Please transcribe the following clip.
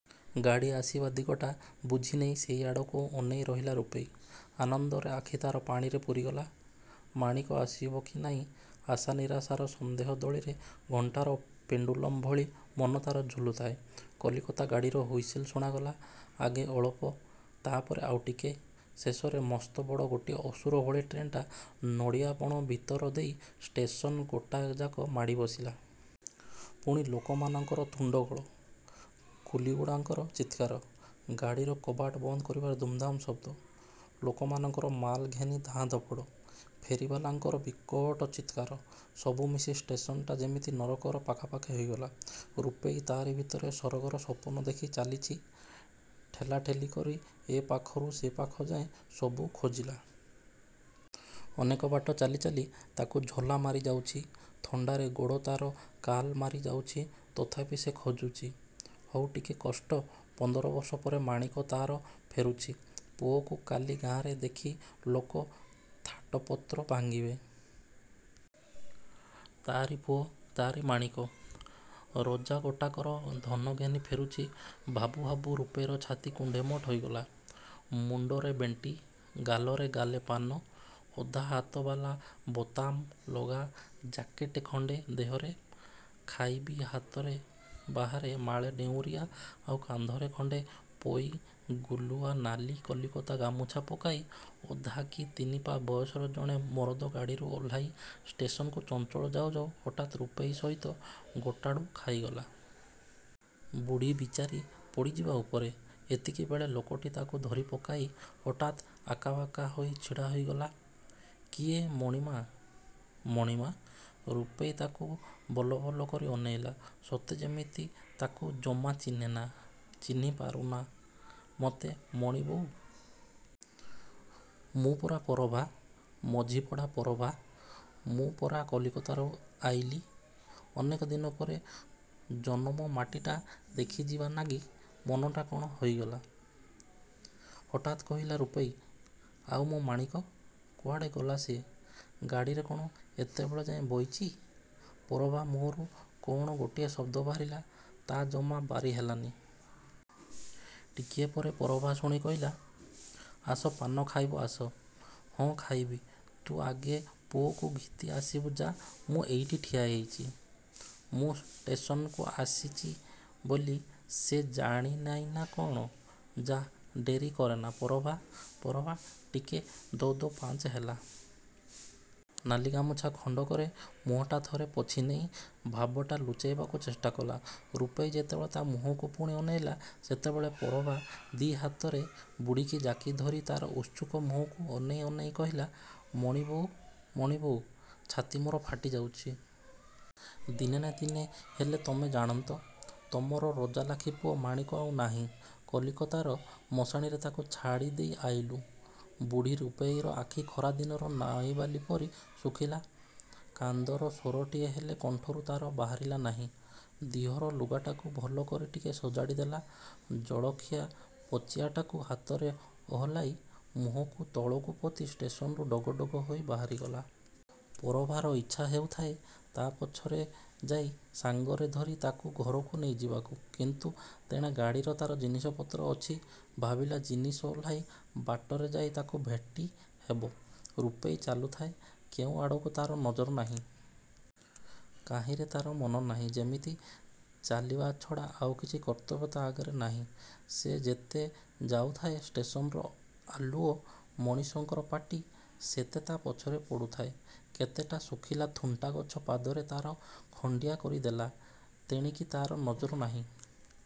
ଗାଡ଼ି ଆସିବା ଦିଗଟା ବୁଝିନେଇ ସେହି ଆଡ଼କୁ ଅନେଇ ରହିଲା ରୂପେଇ। ଆନନ୍ଦରେ ଆଖି ତାର ପାଣିରେ ପୂରିଗଲା। ମାଣିକ ଆସିବ କି ନାଇଁ ଆଶାନିରାଶାର ସନ୍ଦେହ ଦୋଳିରେ ଘଣ୍ଟାର ପେଣ୍ଡୁଲମ୍ ଭଳି ମନ ତାର ଝୁଲୁଥାଏ। କଲିକତା ଗାଡ଼ିର ହୁଇସିଲ ଶୁଣାଗଲା। ଆଗେ ଅଳପ, ତା' ପରେ ଆଉ ଟିକେ, ଶେଷରେ ମସ୍ତବଡ଼ ଗୋଟିଏ ଅସୁର ଭଳି ଟ୍ରେନଟା ନଡ଼ିଆ ବଣ ଭିତର ଦେଇ ଷ୍ଟେସନ ଗୋଟାକଯାକ ମାଡ଼ି ବସିଲା। ପୁଣି ଲୋକମାନଙ୍କର ତୁଣ୍ଡଗୋଳ, କୁଲିଗୁଡ଼ାଙ୍କର ଚିତ୍କାର–ଗାଡ଼ିର କବାଟ ବନ୍ଦ କରିବାର ଦୁମ୍ଦାମ୍ ଶବ୍ଦ। ଲୋକମାନଙ୍କର ମାଲ ଘେନି ଧାଁ ଧପଡ଼। ଫେରିବାଲାଙ୍କର ବିକଟ ଚିତ୍କାର, ସବୁ ମିଶି ଷ୍ଟେସନଟା ଯେମିତି ନରକର ପାଖାପାଖି ହୋଇଗଲା-। ରୂପେଇ ତାରି ଭିତରେ ସରଗର ସପନ ଦେଖି ଚାଲିଚି। ଠେଲା ଠେଲି କରି ଏପାଖରୁ ସେ ପାଖ ଯାଏ ସବୁ ଖୋଜିଲା। ଅନେକ ବାଟ ଚାଲି ଚାଲି ତାକୁ ଝୋଲା ମାରି ଯାଉଚି, ଥଣ୍ଡାରେ ଗୋଡ଼ ତା'ର କାଲ ମାରି ଯାଉଚି। ତଥାପି ସେ ଖୋଜୁଚି। ହଉ ଟିକେ କଷ୍ଟ। ପନ୍ଦର ବର୍ଷ ପରେ ମାଣିକ ତାର ଫେରୁଚି। ପୁଅକୁ କାଲି ଗାଁରେ ଦେଖି ଲୋକ ଥାଟପତ୍ର ଭାଙ୍ଗିବେ। ତାରି ପୁଅ–ତାରି ମାଣିକ, ରଜା ଗୋଟାକର ଧନ ଘେନି ଫେରୁଚି! ଭାବୁ ଭାବୁ ରୂପେଇର ଛାତି କୁଣ୍ଢେମୋଟ ହୋଇଗଲା। ମୁଣ୍ଡରେ ବେଣ୍ଟି, ଗାଲରେ ଗାଲେ ପାନ, ଅଧା ହାତବାଲା ବୋତାମ ଲଗା ଜାକିଟି ଖଣ୍ଡେ ଦିହରେ, ଖାଇବି ହାତ ବାହାରେ ମାଳେ ଡେଉଁରିଆ ଆଉ କାନ୍ଧରେ ଖଣ୍ଡେ ପୋଇଗୁଳିଆ ନାଲି କଲିକତି ଗାମୁଛା ପକେଇ ଅଧା କି ତିନିପା ବୟସର ଜଣେ ମରଦ ଗାଡ଼ିରୁ ଓହ୍ଲେଇ ଷ୍ଟେସନକୁ ଚଞ୍ଚଳ ଯାଉଁ ଯାଉଁ ହଠାତ୍ ରୂପେଇ ସହିତ ଗୋଟା ଢ଼ୁ ଖାଇଗଲା। ବୁଢ଼ୀ ବିଚାରୀ ପଡ଼ିଯିବା ଉପରେ, ଏତିକିବେଳେ ଲୋକଟି ତାକୁ ଧରି ପକେଇ, ହଠାତ୍ ଆବାକାବା ହୋଇ ଛିଡ଼ା ହେଇଗଲା। –କିଏ ମଣି ମା'? ମଣି ମା'? ରୂପେଇ ତାକୁ ବଲବଲ କରି ଅନେଇଲା, ସତେ ଯେମିତି ତାକୁ ଜମା ଚିହ୍ନେନା। ଚିହ୍ନି ପାରୁନା ମତେ ମଣି ବୋଉ? ମୁଁ ପରା ପରଭା, ମଝିପଡ଼ା ପରଭା। ମୁଁ ପରା କଲିକତାରୁ ଆଇଲି। ଅନେକ ଦିନ ପରେ ଜନମ ଥାନଟା ଦେଖିଯିବା ନାଗି ମନଟା କଣ ହେଇଗଲା। ହଠାତ୍ କହିଲା ରୂପେଇ–ଆଉ ମୋ ମାଣିକ? କୁଆଡ଼େ ଗଲା ସିଏ। ଗାଡ଼ିରେ କଣ ଏତେବେଳେ ଯାଏ ବଇଚି? ପରଭା ମୁହଁରୁ କଣ ଗୋଟିଏ ଶବ୍ଦ ବାହାରିଲା–ତା' ଜମା ବାରି ହେଲାନି। ଟିକିଏ ପରେ ପରଭା ପୁଣି କହିଲା–ଆସ, ପାନ ଖାଇବା ଆସ –ହଁ, ଖାଇବି, ତୁ ଆଗେ ପୁଅକୁ ଘିତି ଆସିବୁ ଯା' ମୁଁ ଏଇଠି ଠିଆ ହେଇଚି। ମୁଁ ଟେସନକୁ ଆଇଚି ବୋଲି ସେ ଜାଣି ନେଇନା କଣ। ଯା, ଡେରି କରନା ପରଭା ପରଭା ଟିକେ ଦୋ ଦୋ ପାଞ୍ଚ ହେଲା। ନାଲି ଗାମୁଛା ଖଣ୍ଡକରେ ମୁହଁଟା ଥରେ ପୋଛିନେଇ ଭାବଟା ଲୁଚେଇବାକୁ ଚେଷ୍ଟା କଲା। ରୂପେଇ ଯେତେବେଳେ ତା' ମୁହଁକୁ ପୁଣି ଅନେଇଲା, ସେତେବେଳେ ପରଭା ଦି' ହାତରେ ବୁଢ଼ୀକି ଜାକି ଧରି ତା'ର ଉତ୍ସୁକ ମୁହଁକୁ ଅନେଇ ଅନେଇ କହିଲା–ମଣି ବୋଉ, ମଣି ବୋଉ, ଛାତି ମୋର ଫାଟି ଯାଉଚି। ଦିନେ ନା ଦିନେ ହେଲେ ତମେ ଜାଣନ୍ତ। ତମର ରଜାଲାଖି ପୁଅ ମାଣିକ ଆଉ ନାଇଁ। କଲିକତାର ମଶାଣିରେ ତାକୁ ଛାଡ଼ି ଦେଇ ଆଇଲୁ। ବୁଢ଼ୀ ରୂପେଇର ଆଖି ଖରାଦିନର ନଈବାଲି ପରି ଶୁଖିଲା। କାନ୍ଦର ସ୍ଵରଟିଏ ହେଲେ କଣ୍ଠରୁ ତା'ର ବାହାରିଲା ନାହିଁ। ଦିହର ଲୁଗାଟାକୁ ଭଲକରି ଟିକେ ସଜାଡ଼ି ଦେଲା, ଜଳଖିଆ ପାଚିଆଟାକୁ ହାତରେ 'ଓହଳେଇ, ମୁହଁକୁ ତଳକୁ ପୋତି ଷ୍ଟେସନରୁ ଡଗଡଗ ହେଇ ବାହାରିଗଲା-।... ପରଭାର ଇଚ୍ଛା ହେଉଥାଏ ତା' ପଛରେ ଯାଇଁ ସାଙ୍ଗରେ ଧରି ତାକୁ ଘରକୁ ନେଇ ଯିବାକୁ। କିନ୍ତୁ ତେଣେ ଗାଡ଼ିରେ ତା'ର ଜିନିଷପତ୍ର ଅଛି। ଭାବିଲା, ଜିନିଷ ଓହ୍ଲେଇ, ବାଟରେ ଯାଇଁ ତାକୁ ଭେଟି ହବ। ରୂପେଇ ଚାଲୁଥାଏ। କେଉଁ ଆଡ଼କୁ ତା'ର ନଜର ନାହିଁ। କାହିଁରେ ତାର ମନ ନାହିଁ। ଯେମିତି ଚାଲିବା ଛଡ଼ା ଆଉ କିଛି କର୍ତ୍ତବ୍ୟ ତା' ଆଗରେ ନାହିଁ। ସେ ଯେତେ ଯାଉଥାଏ ଷ୍ଟେସନର ଆଲୁଅ, ମଣିଷଙ୍କର ପାଟି ସେତେ ତା'ର ପଛରେ ପଡ଼ୁଥାଏ। କେତେଟା ଶୁଖିଲା ଥୁଣ୍ଟାଗଛ ପାଦକୁ ତାର ଖଣ୍ଡିଆ କରି ଦେଲା, ତେଣିକି ତା'ର ନଜର ନାହିଁ।